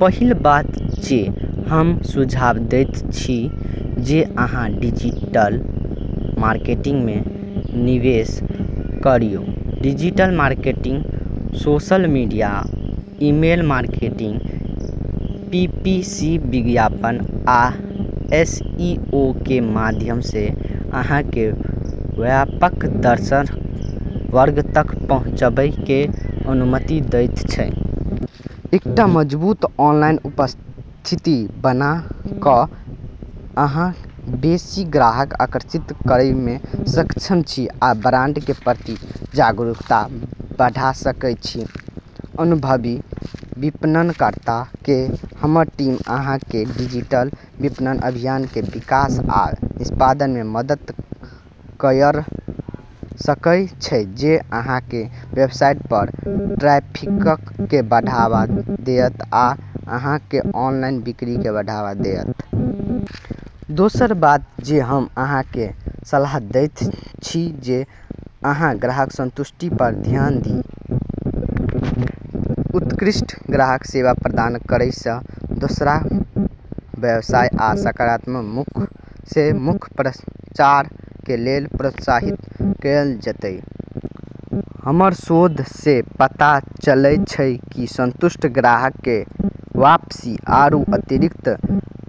पहिल बात जे हम सुझाव दैत छी जे अहाँ डिजिटल मार्केटिंग में निवेश करिऔ। Digital marketing social media, email marketing, PPC विज्ञापन, आ एसईओ के माध्यम सँ अहाँ केँ व्यापक दर्शक वर्ग तक पहुँचबय के अनुमति दैत छै। एकटा मजबूत ऑनलाइन उपस्थिति बना कऽ अहाँ बेसि ग्राहक आकर्षित करय में सक्षम छी आ ब्रांड के प्रति जागरूकता बढ़ा सकय छी। अनुभवी विपणनकर्ता के हमर टीम अहाँ केँ डिजिटल विपणन अभियान के विकास आ निष्पादन में मदद कयर सकय छै जे अहाँ के वेबसाइट पर ट्रैफिक के बढ़ावा देयत आ अहाँ के ऑनलाइन बिक्री के बढ़ावा देयत। दोसर बात जे हम अहाँ के सलाह दैत छी जे अहाँ ग्राहक संतुष्टि पर ध्यान दिअ। उत्कृष्ट ग्राहक सेवा प्रदान करय सँ दोहरा व्यवसाय आ सकारात्मक मुख-से-मुख प्रचार के लेल प्रोत्साहित कएल जेतय। हमर शोध सँ पता चलै छै कि संतुष्ट ग्राहक के वापसी आरू अतिरिक्त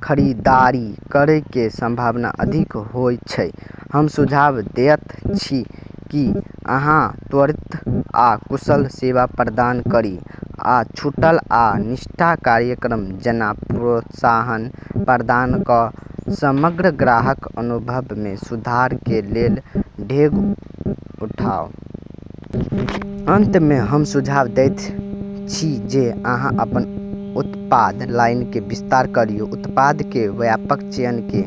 खरीदारी करै के संभावना अधिक होय छै। हम सुझाव देयत छी की अहाँ त्वरित आ कुशल सेवा प्रदान करी, आ छूट आ निष्ठा कार्यक्रम जैना प्रोत्साहन प्रदान कऽ समग्र ग्राहक अनुभव में सुधार के लेल डेग उठाउ। अंत में हम सुझाव दैत छी जे अहाँ अपन उत्पाद लाइन के विस्तार करिऔ। उत्पाद के व्यापक चयन के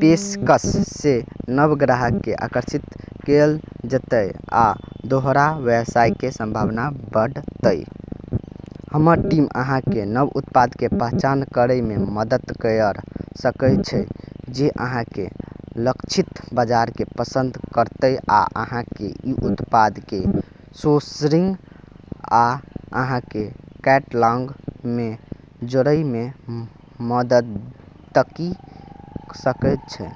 पेशकश सँ नव ग्राहक केँ आकर्षित कएल जेतय आ दोहरा व्यवसाय के संभावना बढ़तय। हमर टीम अहाँ केँ नव उत्पाद के पहचान करय में मदद कयर सकय छै जे अहाँ के लक्षित बाजार के पसंद करतय आ अहाँ केँ ई उत्पाद के सोर्सिंग आ अहाँ के कैटलॉग मे जोड़य मे मदति क' सकैत छै।